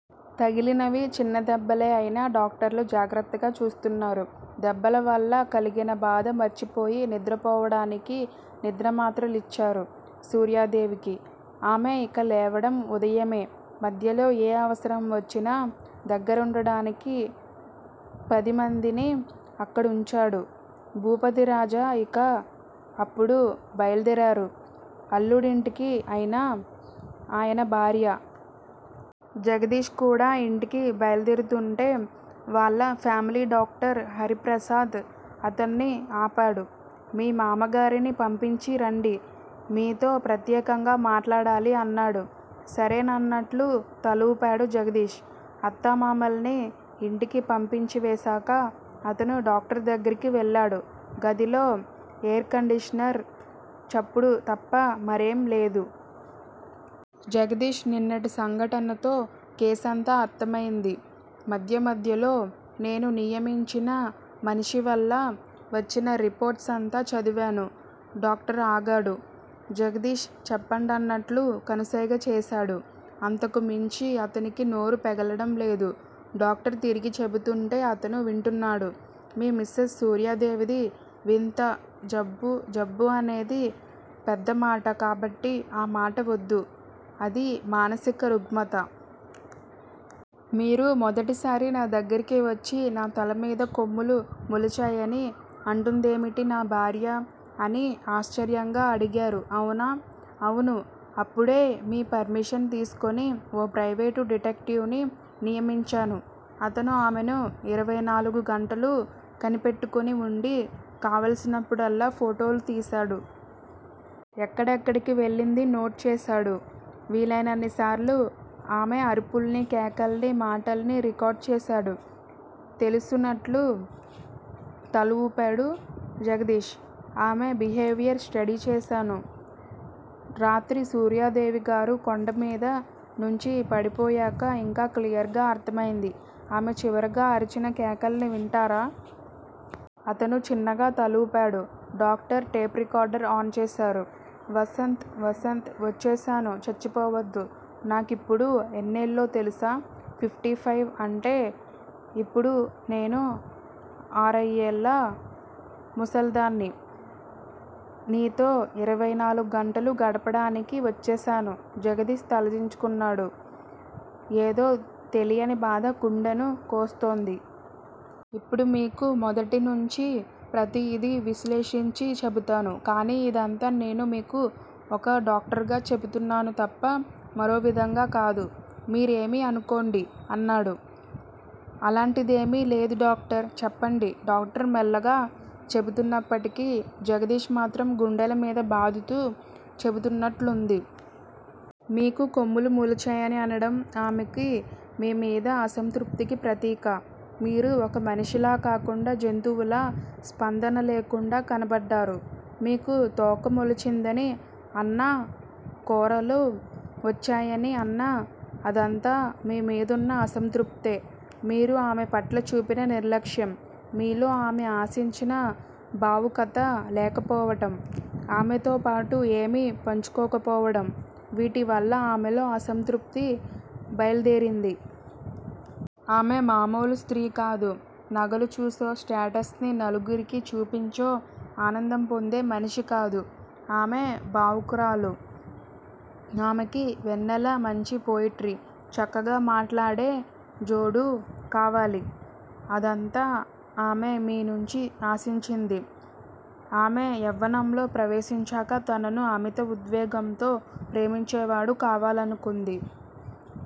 తగిలినవి చిన్న దెబ్బలే అయినా డాక్టర్లు జాగ్రత్తగా చూస్తున్నారు. దెబ్బలవల్ల కలిగిన బాధ మరిచిపోయి నిద్ర పోవడానికి నిద్ర మాత్ర లిచ్చారు సూర్యాదేవికి. ఆమె ఇక లేవడం ఉదయమే. మధ్యలో ఏ అవసరం వచ్చినా దగ్గరుండడానికి పదిమందిని అక్కడుంచాడు భూపతిరాజా ఇక అప్పుడు బయల్దేరారు అల్లుడింటికి ఆయనా, ఆయన భార్యా. జగదీష్ కూడా ఇంటికి బయల్దేరుతూంటే వాళ్ళ ఫ్యామిలీ డాక్టర్ హరిప్రసాద్ అతన్ని ఆపాడు. మీ మామగారిని పంపించి రండి. మీతో ప్రత్యేకంగా మాట్లాడాలి అన్నాడు. సరే నన్నట్లు తలూపాడు జగదీష్. అత్తామామల్ని ఇంటికి పంపించివేశాక అతను డాక్టర్ దగ్గరికి వెళ్ళాడు. గదిలో ఏర్ కండీషనర్ చప్పుడు తప్ప మరేం లేదు. జగదీష్! నిన్నటి సంఘటనతో కేసంతా అర్ధమైంది. మధ్య మధ్యలో నేను నియమించిన మనిషి వల్ల వచ్చిన రిపోర్ట్స్ అంతా చదివాను డాక్టర్ ఆగాడు. జగదీష్ చెప్పండన్నట్లు కనుసైగ చేశాడు. అంతకుమించి అతనికి నోరు పెగలడం లేదు. డాక్టర్ తిరిగి చెబుతుంటే అతను వింటున్నాడు. మీ మిసెస్ సూర్యాదేవిది వింత జబ్బు జబ్బు అనేది పెద్ద మాట కాబట్టి ఆ మాట వద్దు- అది మానసిక రుగ్మత. మీరు మొదటిసారి నా దగ్గరికి వచ్చి 'నా తలమీద కొమ్ములు మొలిచాయని అంటుందేమిటి నా భార్య' అని ఆశ్చర్యంగా అడిగారు అవునా? అవును అప్పుడే మీ పర్మిషన్ తీసుకుని ఓ ప్రైవేటు డిటెక్టివ్ ని నియమించాను. అతను ఆమెను ఇరవై నాలుగు గంటలూ కనిపెట్టుకుని వుండి కావాల్సినప్పుడల్లా ఫోటోలు తీశాడు. ఎక్కడెక్కడికి వెళ్ళిందీ నోట్ చేశాడు. వీలైనన్నిసార్లు ఆమె అరుపుల్ని కేకల్ని, మాటల్ని రికార్డు చేశాడు తెలుసన్నట్లు తల ఊపాడు జగదీష్. ఆమె బిహేవియర్ స్టడీ చేశాను. రాత్రి సూర్యాదేవిగారు కొండ మీద నుంచి పడిపోయాక ఇంకా క్లియర్ గా అర్ధమైంది. ఆమె చివరగా అరిచిన కేకల్ని వింటారా? అతను చిన్నగా తలూపాడు. డాక్టర్ టేప్ రికార్డర్ ఆన్ చేశారు. వసంత్ వసంత్ వచ్చేశాను చచ్చిపోవద్దు నాకిప్పుడు ఎన్నేళ్ళో తెలుసా? ఫిఫ్టీ ఫైవ్ అంటే ఇప్పుడు నేను అరయ్యేళ్ళ ముసల్దాన్ని నీతో ఇరవై నాలుగు గంటలు గడపడానికి వచ్చేశాను జగదీష్ తలదించుకున్నాడు. ఏదో తెలియని బాధ గుండెను కోస్తోంది. ఇప్పుడు మీకు మొదటి నుంచీ ప్రతిదీ విశ్లేషించి చెబుతాను. కానీ ఇదంతా నేను మీకు ఒక డాక్టర్ గా చెబుతున్నాను తప్ప మరో విధంగా కాదు. మీరేమీ అనుకోండి అన్నాడు. అలాంటిదేమీ లేదు డాక్టర్ చెప్పండి డాక్టర్ మెల్లగా చెబుతున్నప్పటికి జగదీష్ మాత్రం గుండెల మీద బాదుతూ చెబుతున్నట్లుంది. మీకు కొమ్ములు మోలిచాయని అనడం ఆమెకి మీ మీద అసంతృప్తికి ప్రతీక. మీరు ఒక మనిషిలా కాకుండా జంతువులా, స్పందన లేకుండా కనపడ్డారు. మీకు తోక మొలిచిందని అన్నా కోరలు వచ్చాయని అన్నా- అదంతా మీ మీదున్న అసంతృప్తే. మీరు ఆమె పట్ల చూపిన నిర్లక్ష్యం, మీలో ఆమె ఆశించిన భావుకత లేకపోవడం- ఆమెతోపాటు ఏమీ పంచుకోకపోవడం- వీటివల్ల ఆమెలో అసంతృప్తి బయల్దేరింది. ఆమె మామూలు స్త్రీ కాదు నగలు చూసో, స్టేటస్ ని నలుగురికి చూపించో ఆనందం పొందే మనిషికాదు. ఆమె భావుకురాలు ఆమెకి వెన్నెల మంచి పొయిట్రీ, చక్కగా మాట్లాడే జోడూ కావాలి. అదంతా ఆమె మీ నుంచి ఆశించింది. ఆమె యవ్వనంలో ప్రవేశించాక తనను అమిత ఉద్వేగంతో ప్రేమించేవాడు కావాలనుకుంది.